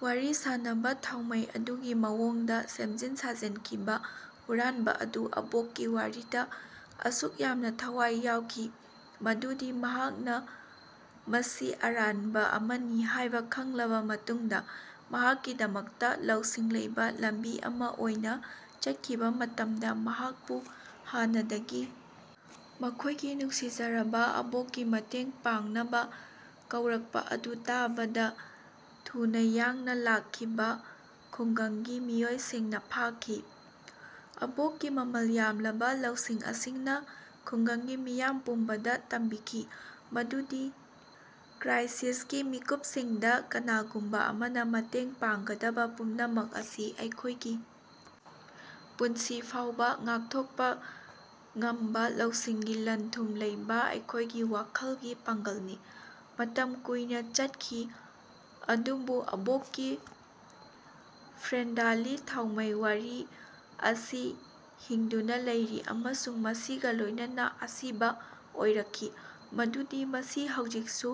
ꯋꯥꯔꯤ ꯁꯥꯅꯕꯥ ꯊꯥꯎꯃꯩ ꯑꯗꯨꯒꯤ ꯃꯑꯣꯡꯗꯥ ꯁꯦꯝꯖꯤꯟ ꯁꯥꯖꯤꯟꯈꯤꯕꯥ ꯍꯨꯔꯥꯟꯕꯥ ꯑꯗꯨ ꯑꯕꯣꯛꯀꯤ ꯋꯥꯔꯤꯗꯥ ꯑꯁꯨꯛ ꯌꯥꯝꯅꯥ ꯊꯋꯥꯢ ꯌꯥꯎꯈꯤ ꯃꯗꯨꯗꯤ ꯃꯍꯥꯛꯅꯥ ꯃꯁꯤ ꯑꯔꯥꯟꯕꯥ ꯑꯃꯅꯤ ꯍꯥꯢꯕꯥ ꯈꯪꯂꯕꯥ ꯃꯇꯨꯡꯗꯥ ꯃꯍꯥꯛꯀꯤꯗꯃꯛꯇꯥ ꯂꯧꯁꯤꯡ ꯂꯩꯕꯥ ꯂꯝꯕꯤ ꯑꯃꯥ ꯑꯣꯏꯅꯥ ꯆꯠꯈꯤꯕꯥ ꯃꯇꯝꯗꯥ, ꯃꯍꯥꯛꯄꯨ ꯍꯥꯟꯅꯗꯒꯤ ꯃꯈꯣꯢꯒꯤ ꯅꯨꯡꯁꯤꯖꯔꯕꯥ ꯑꯕꯣꯛꯀꯤ ꯃꯇꯦꯡ ꯄꯥꯡꯅꯕꯥ ꯀꯧꯔꯛꯄꯥ ꯑꯗꯨ ꯇꯥꯕꯗꯥ ꯊꯨꯅꯥ ꯌꯥꯡꯅꯥ ꯂꯥꯛꯈꯤꯕꯥ ꯈꯨꯡꯒꯪꯒꯤ ꯃꯤꯑꯣꯏꯁꯤꯡꯅꯥ ꯐꯥꯈꯤ꯫ ꯑꯕꯣꯛꯀꯤ ꯃꯃꯜ ꯌꯥꯝꯂꯕꯥ ꯂꯧꯁꯤꯡ ꯑꯁꯤꯅꯥ ꯈꯨꯡꯒꯪꯒꯤ ꯃꯤꯌꯥꯝ ꯄꯨꯝꯕꯗꯥ ꯇꯝꯕꯤꯈꯤ ꯃꯗꯨꯗꯤ ꯀ꯭ꯔꯥꯢꯁꯤꯁꯀꯤ ꯃꯤꯀꯨꯞꯁꯤꯡꯗꯥ ꯀꯅꯥꯒꯨꯝꯕꯥ ꯑꯃꯅꯥ ꯃꯇꯦꯡ ꯄꯥꯡꯒꯗꯕꯥ ꯄꯨꯝꯅꯃꯛ ꯑꯁꯤ ꯑꯩꯈꯣꯢꯒꯤ ꯄꯨꯟꯁꯤ ꯐꯥꯎꯕꯥ ꯉꯥꯛꯊꯣꯛꯄꯥ ꯉꯝꯕꯥ ꯂꯧꯁꯤꯡꯒꯤ ꯂꯟ-ꯊꯨꯝ ꯂꯩꯕꯥ ꯑꯩꯈꯣꯢꯒꯤ ꯋꯥꯈꯜꯒꯤ ꯄꯥꯡꯒꯜꯅꯤ꯫ ꯃꯇꯝ ꯀꯨꯏꯅꯥ ꯆꯠꯈꯤ ꯑꯗꯨꯕꯨ ꯑꯕꯣꯛꯀꯤ ꯐ꯭ꯔꯦꯟꯗꯂꯤ ꯊꯥꯎꯃꯩ ꯋꯥꯔꯤ ꯑꯁꯤ ꯍꯤꯡꯗꯨꯅꯥ ꯂꯩꯔꯤ ꯑꯃꯁꯨꯡ ꯃꯁꯤꯒꯥ ꯂꯣꯢꯅꯅꯥ ꯑꯁꯤꯕꯥ ꯑꯣꯏꯔꯛꯈꯤ ꯃꯗꯨꯗꯤ ꯃꯁꯤ ꯍꯧꯖꯤꯛꯁꯨ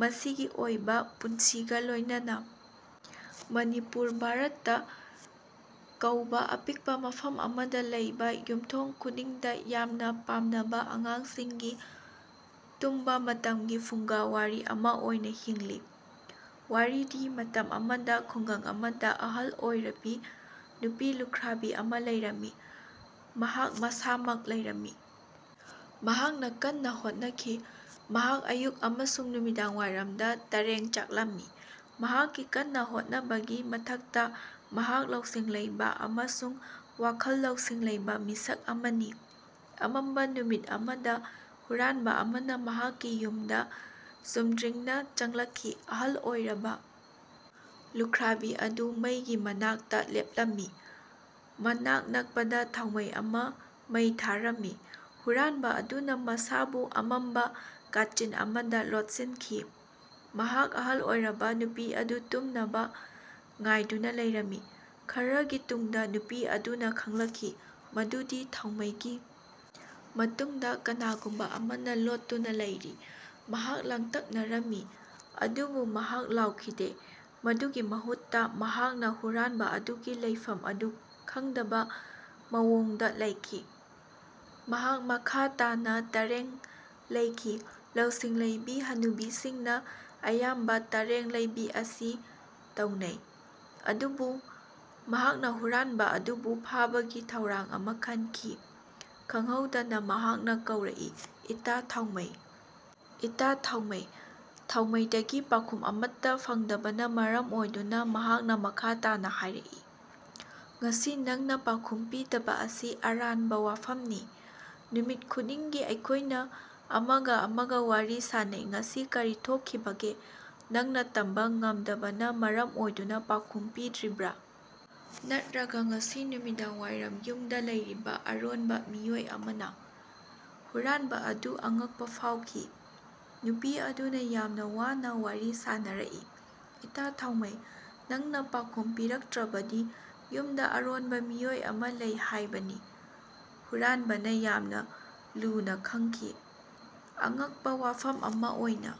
ꯃꯁꯤꯒꯤ ꯑꯣꯏꯕꯥ ꯄꯨꯟꯁꯤꯒꯥ ꯂꯣꯢꯅꯅꯥ ꯃꯅꯤꯄꯨꯔ (ꯚꯥꯔꯠꯇꯥ) ꯀꯧꯕꯥ ꯑꯄꯤꯛꯄꯥ ꯃꯐꯝ ꯑꯃꯗꯥ ꯂꯩꯕꯥ ꯌꯨꯝꯊꯣꯡ ꯈꯨꯗꯤꯡꯗꯥ ꯌꯥꯝꯅꯥ ꯄꯥꯝꯅꯕꯥ ꯑꯉꯥꯡꯁꯤꯡꯒꯤ ꯇꯨꯝꯕꯥ ꯃꯇꯝꯒꯤ ꯐꯨꯡꯒꯥ ꯋꯥꯔꯤ ꯑꯃꯥ ꯑꯣꯏꯅꯥ ꯍꯤꯡꯂꯤ꯫ ꯋꯥꯔꯤꯗꯤ, ꯃꯇꯝ ꯑꯃꯗ ꯈꯨꯡꯒꯪ ꯑꯃꯗ ꯑꯍꯜ ꯑꯣꯏꯔꯕꯤ ꯅꯨꯄꯤ ꯂꯨꯈ꯭ꯔꯥꯕꯤ ꯑꯃ ꯂꯩꯔꯝꯃꯤ꯫ ꯃꯍꯥꯛ ꯃꯁꯥꯃꯛ ꯂꯩꯔꯝꯃꯤ꯫ ꯃꯍꯥꯛꯅꯥ ꯀꯟꯅ ꯍꯣꯠꯅꯈꯤ꯫ ꯃꯍꯥꯛ ꯑꯌꯨꯛ ꯑꯃꯁꯨꯡ ꯅꯨꯃꯤꯗꯥꯡꯋꯥꯏꯔꯝꯗ ꯇꯔꯦꯡ ꯆꯥꯛꯂꯝꯃꯤ꯫ ꯃꯍꯥꯛꯀꯤ ꯀꯟꯅꯥ ꯍꯣꯠꯅꯕꯒꯤ ꯃꯊꯛꯇꯥ ꯃꯍꯥꯛ ꯂꯧꯁꯤꯡ ꯂꯩꯕꯥ ꯑꯃꯁꯨꯡ ꯋꯥꯈꯜ ꯂꯧꯁꯤꯡ ꯂꯩꯕꯥ ꯃꯤꯁꯛ ꯑꯃꯅꯤ꯫ ꯑꯃꯝꯕꯥ ꯅꯨꯃꯤꯠ ꯑꯃꯗꯥ ꯍꯨꯔꯥꯟꯕꯥ ꯑꯃꯅꯥ ꯃꯍꯥꯛꯀꯤ ꯌꯨꯝꯗꯥ ꯆꯨꯝꯗ꯭ꯔꯤꯡꯅꯥ ꯆꯪꯂꯛꯈꯤ꯫ ꯑꯍꯜ ꯑꯣꯏꯔꯕꯥ ꯂꯨꯈ꯭ꯥꯔꯕꯤ ꯑꯗꯨ ꯃꯩꯒꯤ ꯃꯅꯥꯛꯇꯥ ꯂꯦꯞꯂꯝꯃꯤ꯫ ꯃꯅꯥꯛ ꯅꯛꯄꯗꯥ ꯊꯥꯎꯃꯩ ꯑꯃꯥ ꯃꯩ ꯊꯥꯔꯝꯃꯤ꯫ ꯍꯨꯔꯥꯟꯕꯥ ꯑꯗꯨꯅꯥ ꯃꯁꯥꯕꯨ ꯑꯃꯝꯕꯥ ꯀꯥꯆꯤꯟ ꯑꯃꯗꯥ ꯂꯣꯠꯁꯤꯟꯈꯤ꯫ ꯃꯍꯥꯛ ꯑꯍꯜ ꯑꯣꯏꯔꯕꯥ ꯅꯨꯄꯤ ꯑꯗꯨ ꯇꯨꯝꯅꯕꯥ ꯉꯥꯏꯗꯨꯅꯥ ꯂꯩꯔꯝꯃꯤ꯫ ꯈꯔꯥꯒꯤ ꯇꯨꯡꯗꯥ ꯅꯨꯄꯤ ꯑꯗꯨꯅꯥ ꯈꯪꯂꯛꯈꯤ ꯃꯗꯨꯗꯤ ꯊꯥꯎꯃꯩꯒꯤ ꯃꯇꯨꯡꯗꯥ ꯀꯅꯥꯒꯨꯝꯕꯥ ꯑꯃꯅꯥ ꯂꯣꯠꯇꯨꯅꯥ ꯂꯩꯔꯤ꯫ ꯃꯍꯥꯛ ꯂꯥꯡꯇꯛꯅꯔꯝꯃꯤ ꯑꯗꯨꯕꯨ ꯃꯍꯥꯛ ꯂꯥꯎꯈꯤꯗꯦ꯫ ꯃꯗꯨꯒꯤ ꯃꯍꯨꯠꯇꯥ, ꯃꯍꯥꯛꯅꯥ ꯍꯨꯔꯥꯟꯕꯥ ꯑꯗꯨꯒꯤ ꯂꯩꯐꯝ ꯑꯗꯨ ꯈꯪꯗꯕꯥ ꯃꯑꯣꯡꯗꯥ ꯂꯩꯈꯤ꯫ ꯃꯍꯥꯛ ꯃꯈꯥ ꯇꯥꯅꯥ ꯇꯔꯦꯡ ꯂꯩꯈꯤ꯫ ꯂꯧꯁꯤꯡ ꯂꯩꯕꯤ ꯍꯅꯨꯕꯤꯁꯤꯡꯅ ꯑꯌꯥꯝꯕ ꯇꯔꯦꯡ ꯂꯩꯕꯤ ꯑꯁꯤ ꯇꯧꯅꯩ꯫ ꯑꯗꯨꯕꯨ ꯃꯍꯥꯛꯅꯥ ꯍꯨꯔꯥꯟꯕꯥ ꯑꯗꯨꯕꯨ ꯐꯥꯕꯒꯤ ꯊꯧꯔꯥꯡ ꯑꯃꯥ ꯈꯟꯈꯤ꯫ ꯈꯪꯍꯧꯗꯅꯥ ꯃꯍꯥꯛꯅꯥ ꯀꯧꯔꯛꯏ, "ꯏꯇꯥ-ꯊꯥꯎꯃꯩ! ꯏꯇꯥ-ꯊꯥꯎꯃꯩ!" ꯊꯥꯎꯃꯩꯗꯒꯤ ꯄꯥꯎꯈꯨꯝ ꯑꯃꯠꯇꯥ ꯐꯪꯗꯕꯅꯥ ꯃꯔꯝ ꯑꯣꯏꯗꯨꯅꯥ ꯃꯍꯥꯛꯅꯥ ꯃꯈꯥ ꯇꯥꯅꯥ ꯍꯥꯢꯔꯛꯏ, "ꯉꯁꯤ ꯅꯪꯅꯥ ꯄꯥꯎꯈꯨꯝ ꯄꯤꯗꯕꯥ ꯑꯁꯤ ꯑꯔꯥꯟꯕꯥ ꯋꯥꯐꯝꯅꯤ꯫ ꯅꯨꯃꯤꯠ ꯈꯨꯗꯤꯡꯒꯤ ꯑꯩꯈꯣꯢꯅꯥ ꯑꯃꯒꯥ ꯑꯃꯒꯥ ꯋꯥꯔꯤ ꯁꯥꯅꯩ꯫ ꯉꯁꯤ ꯀꯔꯤ ꯊꯣꯛꯈꯤꯕꯒꯦ? ꯅꯪꯅꯥ ꯇꯝꯕꯥ ꯉꯝꯗꯕꯅꯥ ꯃꯔꯝ ꯑꯣꯏꯗꯨꯅꯥ ꯄꯥꯎꯈꯨꯝ ꯄꯤꯗ꯭ꯔꯤꯕꯔꯥ? ꯅꯠꯔꯒ ꯉꯁꯤ ꯅꯨꯃꯤꯗꯥꯡꯋꯥꯏꯔꯝ ꯌꯨꯝꯗꯥ ꯂꯩꯔꯤꯕꯥ ꯑꯔꯣꯟꯕ ꯃꯤꯑꯣꯏ ꯑꯃꯥꯅ, ꯍꯨꯔꯥꯟꯕꯥ ꯑꯗꯨ ꯑꯉꯛꯄꯥ ꯐꯥꯎꯈꯤ꯫ ꯅꯨꯄꯤ ꯑꯗꯨꯅꯥ ꯌꯥꯝꯅꯥ ꯋꯥꯅꯥ ꯋꯥꯔꯤ ꯁꯥꯅꯔꯛꯏ, "ꯏꯇꯥ-ꯊꯥꯎꯃꯩ, ꯅꯪꯅꯥ ꯄꯥꯎꯈꯨꯝ ꯄꯤꯔꯛꯇ꯭ꯔꯕꯗꯤ ꯌꯨꯝꯗꯥ ꯑꯔꯣꯟꯕꯥ ꯃꯤꯑꯣꯏ ꯑꯃꯥ ꯂꯩ ꯍꯥꯢꯕꯅꯤ꯫ ꯍꯨꯔꯥꯟꯕꯅꯥ ꯌꯥꯝꯅꯥ ꯂꯨꯅꯥ ꯈꯪꯈꯤ, "ꯑꯉꯛꯄꯥ ꯋꯥꯐꯝ ꯑꯃꯥ ꯑꯣꯢꯅ"꯫